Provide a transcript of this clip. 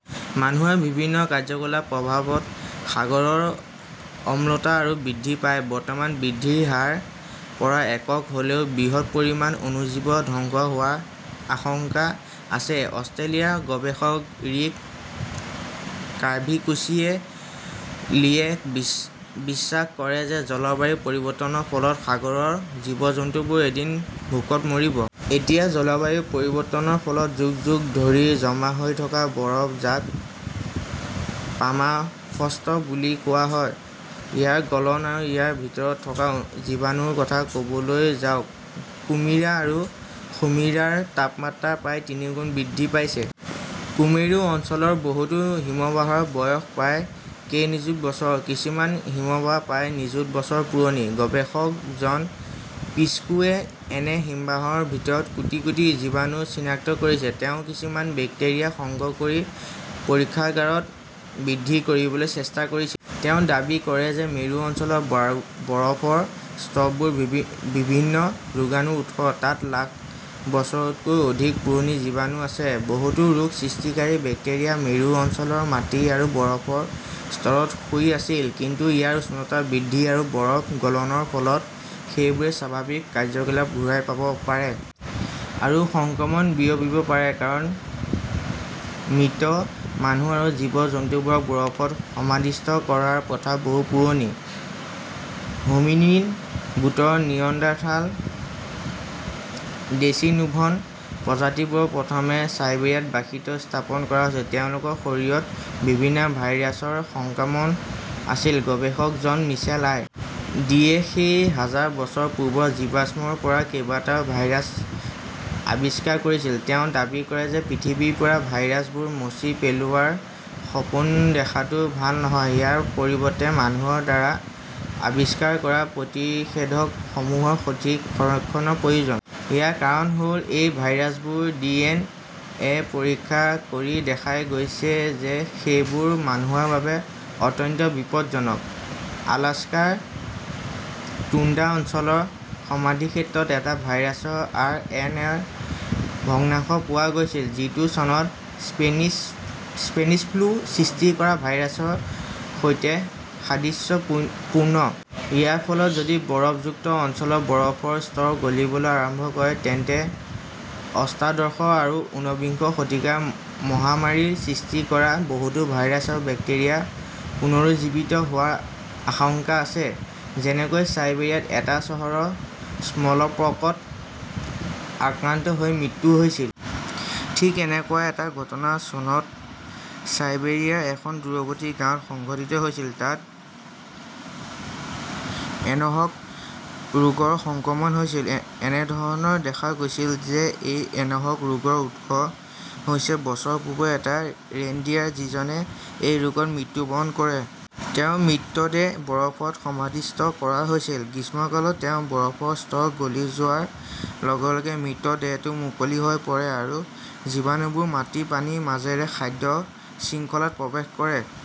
মানুহৰ বিভিন্ন কাৰ্যকলাপ প্ৰভাৱত সাগৰৰ অম্লতা আৰু বৃদ্ধি পায়, বৰ্তমান বৃদ্ধিৰ হাৰ পৰা একক হ 'লেও, বৃহৎ পৰিমাণ অণুজীৱ ধ্বংস হোৱা আশংকা আছে। অষ্ট্ৰেলিয়াৰ গৱেষক ৰিক কাভিকোচিয়ে 'লীয়ে বিশ্বাস কৰে যে জলবায়ু পৰিৱৰ্তনৰ ফলত সাগৰৰ জীৱ-জন্তুবোৰ এদিন ভোকত মৰিব। এতিয়া জলবায়ু পৰিৱৰ্তনৰ ফলত যুগ-যুগ ধৰি জমা হৈ থকা বৰফ, যাক পামাফষ্ট বুলি কোৱা হয়, ইয়াৰ গলন আৰু ইয়াৰ ভিতৰত থকা জীৱাণুৰ কথা কবলৈ যাওক। কুমিৰা আৰু সুমিৰাৰ তাপমাত্ৰা প্ৰায় তিনিগুণ বৃদ্ধি পাইছে। কুমেৰু অঞ্চলৰ বহুতো হিমবাহৰ বয়স প্ৰায় কেই নিযুত বছৰ। কিছুমান হিমবাহ প্ৰায় নিযুত বছৰ পুৰণি। গৱেষক জন প্ৰিস্কুৱে এনে হিমবাহৰ ভিতৰত কোটি-কোটি জীৱাণু চিনাক্ত কৰিছে। তেওঁ কিছুমান বেক্টেৰিয়া সংগ্ৰহ কৰি পৰীক্ষাগাৰত বৃদ্ধি কৰিবলৈ চেষ্টা কৰিছিল। তেওঁ দাবী কৰে যে মেৰু অঞ্চলৰ বৰফৰ স্তূপবোৰ বিভিন্ন ৰোগাণুৰ উৎস। তাত লাখ বছৰতকৈও অধিক পুৰণি জীৱাণুও আছে। বহুতো ৰোগ সৃষ্টিকাৰী বেক্টেৰিয়া মেৰু অঞ্চলৰ মাটি আৰু বৰফৰ স্তৰত শুই আছিল। কিন্তু ইয়াৰ উষ্ণতা বৃদ্ধি আৰু বৰফ গলনৰ ফলত সেইবোৰে স্বাভাৱিক কাৰ্য্যকলাপ ঘূৰাই পাব পাৰে। আৰু সংক্ৰমণ বিয়পিব পাৰে। কাৰণ মৃত মানুহ আৰু জীৱ-জন্তুবোৰক বৰফত সমাধিস্থ কৰাৰ প্ৰথা বহু পুৰণি। 'হোমিনিন গোটৰ নিয়ণ্ডাৰথাল, ডেচিনোভন প্ৰজাতিবোৰ প্ৰথমে চাইবেৰিয়াত বাসিত স্থাপন কৰা হৈছিল। তেওঁলোকৰ শৰীৰত বিভিনা ভাইৰাছৰ সংক্ৰমণ আছিল। গৱেষক জন মিচেল আই. ডি.-এ সেই হাজাৰ বছৰ পূৰ্বৰ জীৱাশ্মৰ পৰা কেইবাটাও ভাইৰাছ আৱিষ্কাৰ কৰিছিল। তেওঁ দাবী কৰে যে পৃথিৱীৰ পৰা ভাইৰাছবোৰ মচি পেলোৱাৰ সপোন দেখাটো ভাল নহয়। ইয়াৰ পৰিৱৰ্তে মানুহৰ দ্বাৰা আৱিষ্কাৰ কৰা প্ৰতিষেধকসমূহৰ সঠিক সংৰক্ষণৰ প্ৰয়োজন। ইয়াৰ কাৰণ হল এই ভাইৰাছবোৰ ডি এন এ পৰীক্ষা কৰি দেখা গৈছে যে সেইবোৰ মানুহৰ বাবে অত্যন্ত বিপজ্জনক। আলাস্কাৰ টুন্দ্ৰা অঞ্চলৰ সমাধিক্ষেত্ৰত এটা ভাইৰাছৰ আৰ. এন. এ. -ৰ ভগ্নাংশ পোৱা গৈছিল। যিটো চনত স্পেনিছ ফ্লু সৃষ্টি কৰা ভাইৰাছৰ সৈতে সাদৃশ্যপূৰ্ণ। ইয়াৰ ফলত যদি বৰফযুক্ত অঞ্চলৰ বৰফৰ স্তৰ গলিবলৈ আৰম্ভ কৰে তেন্তে অষ্টাদশ আৰু ঊনবিংশ শতিকাৰ মহামাৰীৰ সৃষ্টি কৰা বহুতো ভাইৰাছ আৰু বেক্টেৰিয়াৰ পুনৰুজ্জীৱিত হোৱাৰ আশংকা আছে। যেনেকৈ চাইবেৰিয়াত এটা চহৰৰ স্মল'পকত আক্ৰান্ত হৈ মৃত্যু হৈছিল। ঠিক এনেকুৱা এটা ঘটনা চনত চাইবেৰিয়াৰ এখন দূৰৱৰ্তী গাঁৱত সংঘটিত হৈছিল। তাত এন্থ্ৰক ৰোগৰ সংক্ৰমণ হৈছিল। এনে ধৰণৰ দেখা গৈছিল যে এই এন্থ্ৰক ৰোগৰ উৎস হৈছে বছৰ পূৰ্বৰ এটা ৰেইনডিয়াৰ। যিজনে এই ৰোগত মৃত্যুবৰণ কৰে। তেওঁৰ মৃতদেহ বৰফত সমাধিস্থ কৰা হৈছিল। গ্ৰীষ্মকালত তেওঁ বৰফৰ স্তৰ গলি যোৱাৰ লগে লগে মৃতদেহটো মুকলি হৈ পৰে আৰু জীৱাণুবোৰ মাটি, পানীৰ মাজেৰে খাদ্য শৃংখলাত প্ৰৱেশ কৰে।